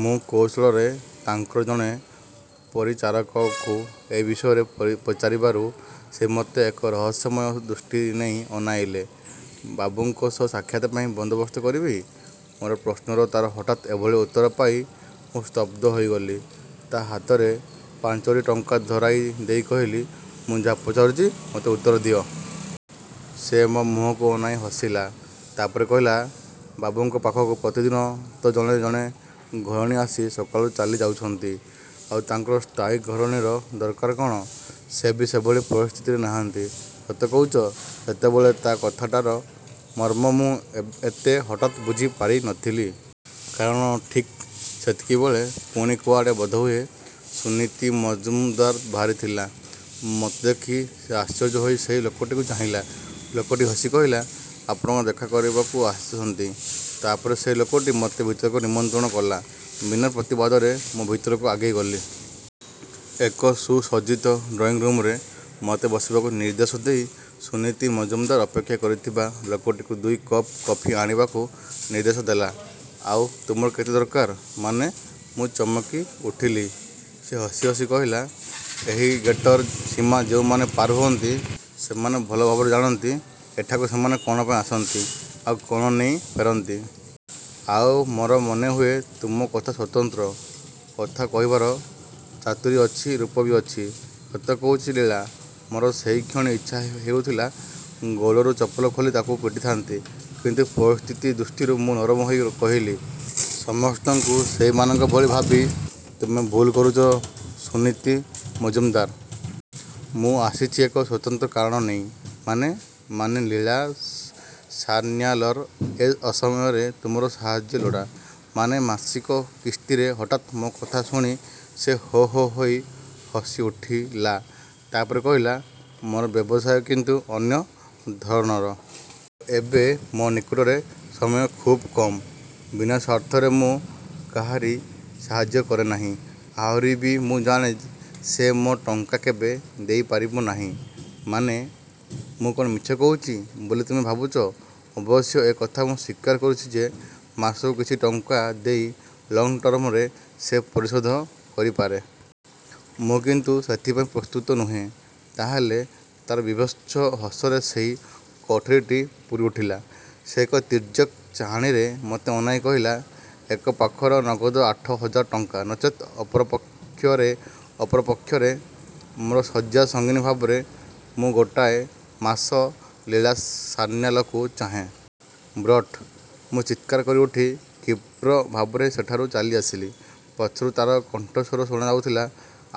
ମୁଁ କୌଶଳରେ ତାଙ୍କର ଜଣେ ପରିଚାରକକୁ ଏ ବିଷୟରେ ପଚାରିବାରୁ ସେ ମୋତେ ଏକ ରହସ୍ୟମୟ ଦୃଷ୍ଟି ନେଇ ଅନାଇଲା। ବାବୁଙ୍କ ସହ ସାକ୍ଷାତ ପାଇଁ ବନ୍ଦୋବସ୍ତ କରିବି? ମୋର ପ୍ରଶ୍ନରେ ତାର ହଠାତ୍ ଏଭଳି ଉତ୍ତର ପାଇ ମୁଁ ସ୍ତବ୍ଧ ହୋଇଗଲି। ତା ହାତରେ ପାଞ୍ଚଟି ଟଙ୍କା ଧରାଇ ଦେଇ କହିଲି, ମୁଁ ଯାହା ପଚାରୁଛି, ମୋତେ ଉତ୍ତର ଦିଅ। ସେ ମୋ ମୁହଁକୁ ଅନାଇ ହସିଲା। ତା ପରେ କହିଲା, ବାବୁଙ୍କ ପାଖକୁ ପ୍ରତିଦିନ ତ ଜଣେ ଜଣେ ଘରଣୀ ଆସି ସକାଳୁ ଚାଲି ଯାଉଛନ୍ତି, ଆଉ ତାଙ୍କର ସ୍ଥାୟୀ ଘରଣୀର ଦରକାର କଣ? ସେ ବି ସେଭଳି ପରିସ୍ଥିତିରେ ନାହାନ୍ତି। ସତ କହୁଛି, ସେତେବେଳେ ତା କଥାଟାର ମର୍ମ ମୁଁ ଏତେ ହଠାତ୍ ବୁଝିପାରିନଥିଲି। କାରଣ ଠିକ୍ ସେତିକିବେଳେ ପୁଣି କୁଆଡ଼େ ବୋଧହୁଏ ସୁନୀତି ମଜୁମଦାର ବାହାରିଥିଲା। ମୋତେ ଦେଖି ସେ ଆଶ୍ଚର୍ଯ୍ୟ ହୋଇ ସେହି ଲୋକଟିକୁ ଚାହିଁଲା। ଲୋକଟି ହସି କହିଲା, ଆପଣଙ୍କୁ ଦେଖା କରିବାକୁ ଆସିଛନ୍ତି। ତା ପରେ ସେହି ଲୋକଟି ମୋତେ ଭିତରକୁ ନିମନ୍ତ୍ରଣ କଲା। ବିନା ପ୍ରତିବାଦରେ ମୁଁ ଭିତରକୁ ଆଗେଇ ଗଲି। ଏକ ସୁସଜ୍ଜିତ ଡ୍ରଇଁ ରୁମରେ ମୋତେ ବସିବାକୁ ନିର୍ଦ୍ଦେଶ ଦେଇ ସୁନୀତି ମଜୁମଦାର ଅପେକ୍ଷା କରିଥିବା ଲୋକଟିକୁ ଦୁଇ କପ୍ କଫି ଆଣିବାକୁ ନିର୍ଦ୍ଦେଶ ଦେଲା। ଆଉ ତୁମର କେତେ ଦରକାର? ମାନେ? ମୁଁ ଚମକିଉଠିଲି। ସେ ହସି ହସି କହିଲା ଏହି ଗେଟର ସୀମା ଯେଉଁମାନେ ପାର ହୁଅନ୍ତି, ସେମାନେ ଭଲ ଭାବରେ ଜାଣନ୍ତି ଏଠାକୁ ସେମାନେ କଣ ପାଇଁ ଆସନ୍ତି, ଆଉ କଣ ନେଇ ଫେରନ୍ତି। ଆଉ ମୋର ମନେହୁଏ ତୁମ କଥା ସ୍ୱତନ୍ତ୍ର। କଥା କହିବାର ଚାତୁରୀ ଅଛି ରୂପ ବି ଅଛି। ସତ କହୁଛି ଲୀଳା, ମୋର ସେହିକ୍ଷଣି ଇଚ୍ଛା ହେଉଥିଲା, ଗୋଡ଼ରୁ ଚପଲ ଖୋଲି ତାକୁ ପିଟିଥାନ୍ତି। କିନ୍ତୁ ପରିସ୍ଥିତି ଦୃଷ୍ଟିରୁ ମୁଁ ନରମ ହୋଇ କହିଲି, ସମସ୍ତଙ୍କୁ ସେହିମାନଙ୍କ ଭଳି ଭାବି ତୁମେ ଭୁଲ୍ କରୁଛ ସୁନୀତି ମଜୁମଦାର। ମୁଁ ଆସିଛି ଏକ ସ୍ୱତନ୍ତ୍ର କାରଣ ନେଇ। ମାନେ? ମାନେ, ଲୀଳା ସାନ୍ନ୍ୟାଲର ଏ ଅସମୟରେ ତୁମର ସାହାଯ୍ୟ ଲୋଡ଼ା। ମାନେ ମାସିକ କିସ୍ତିରେ ହଠାତ୍ ମୋ କଥା ଶୁଣି ସେ ହୋ ହୋ ହୋଇ ହସିଉଠିଲା। ତା ପରେ କହିଲା, ମୋର ବ୍ୟବସାୟ କିନ୍ତୁ ଅନ୍ୟ ଧରଣର। ଆଉ ଏବେ ମୋ ନିକଟରେ ସମୟ ଖୁବ୍ କମ୍। ବିନା ସ୍ୱାର୍ଥରେ ମୁଁ କାହାରିକୁ ସାହାଯ୍ୟ କରେ ନାହିଁ। ଆହୁରି ବି ମୁଁ ଜାଣେ, ସେ ମୋ ଟଙ୍କା କେବେ ଦେଇପାରିବ ନାହିଁ। ମାନେ? ମୁଁ କଣ ମିଛ କହୁଛି ବୋଲି ତୁମେ ଭାବୁଛ? ଅବଶ୍ୟ ଏ କଥା ମୁଁ ସ୍ୱୀକାର କରୁଛି ଯେ, ମାସକୁ କିଛି କିଛି ଟଙ୍କା ଦେଇ ଲଙ୍ଗ୍ ଟର୍ମରେ ସେ ପରିଶୋଧ କରିପାରେ। ମୁଁ କିନ୍ତୁ ସେଥିପାଇଁ ପ୍ରସ୍ତୁତ ନୁହେଁ। ତା ହେଲେ? ତାର ବୀଭତ୍ସ ହସରେ ସେହି କୋଠରିଟି ପୂରିଉଠିଲା। ସେ ଏକ ତୀର୍ଯ୍ୟକ୍ ଚାହାଣୀରେ ମୋତେ ଅନାଇ କହିଲା, ଏକ ପାଖରେ ନଗଦ ଆଠ ହଜାର ଟଙ୍କା, ନଚେତ୍ ଅପର ପକ୍ଷରେ ଅପର ପକ୍ଷରେ? ମୋର ଶଯ୍ୟାସଙ୍ଗିନୀ ଭାବରେ ମୁଁ ଗୋଟାଏ ମାସ ଲୀଳା ସାନ୍ନ୍ୟାଲକୁ ଚାହେଁ। ବ୍ରୁଟ! ମୁଁ ଚିତ୍କାର କରିଉଠି କ୍ଷୀପ୍ର ଭାବରେ ସେଠାରୁ ଚାଲିଆସିଲି। ପଛରୁ ତାର କଣ୍ଠସ୍ୱର ଶୁଣାଯାଉଥିଲା,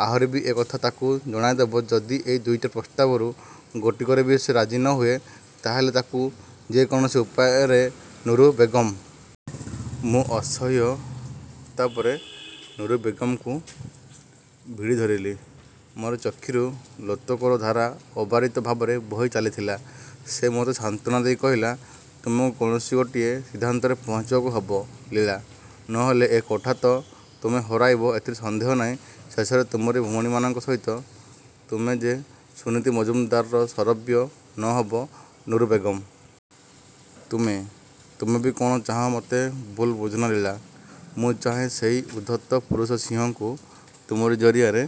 ଆହୁରି ବି ଏ କଥା ତାକୁ ଜଣାଇଦେବ, ଯଦି ଏ ଦୁଇଟା ପ୍ରସ୍ତାବରୁ ଗୋଟିକରେ ବି ସେ ରାଜି ନ ହୁଏ, ତା ହେଲେ ତାକୁ ଯେ କୌଣସି ଉପାୟରେ ନୁରୁ ବେଗମ୍! ମୁଁ ଅସହ୍ୟ ଉତ୍ତାପରେ ନୁରୁ ବେଗମ୍‌କୁ ଭିଡ଼ିଧରିଲି। ମୋର ଚକ୍ଷୁରୁ ଲୋତକର ଧାରା ଅବାରିତ ଭାବରେ ବହି ଚାଲିଥିଲା। ସେ ମୋତେ ସାନ୍ତ୍ୱନା ଦେଇ କହିଲା, ତୁମକୁ କୌଣସି ଗୋଟିଏ ସିଦ୍ଧାନ୍ତରେ ପହଞ୍ଚିବାକୁ ହେବ, ଲୀଳା। ନ ହେଲେ ଏ କୋଠା ତ ତୁମେ ହରାଇବ ଏଥିରେ ସନ୍ଦେହ ନାହିଁ, ଶେଷରେ ତୁମରି ଭଉଣୀମାନଙ୍କ ସହିତ ତୁମେ ଯେ ସୁନୀତି ମଜୁମଦାରର ଶରବ୍ୟ ନ ହେବ ନୁରୁ ବେଗମ୍! ତୁମେ, ତୁମେ ବି କଣ ଚାହଁ ମୋତେ ଭୁଲ୍ ବୁଝନା ଲୀଳା। ମୁଁ ଚାହେଁ ସେହି ଉଦ୍ଧତ ପୁରୁଷ ସିଂହକୁ ତୁମରି ଜରିଆରେ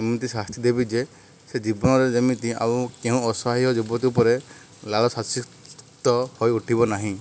ଏମିତି ଶାସ୍ତି ଦେବି ଯେ, ସେ ଜୀବନରେ ଯେମିତି ଆଉ କେଉଁ ଅସହାୟା ଯୁବତୀ ଉପରେ ଲାଳସାସିକ୍ତ ହୋଇଉଠିବ ନାହିଁ।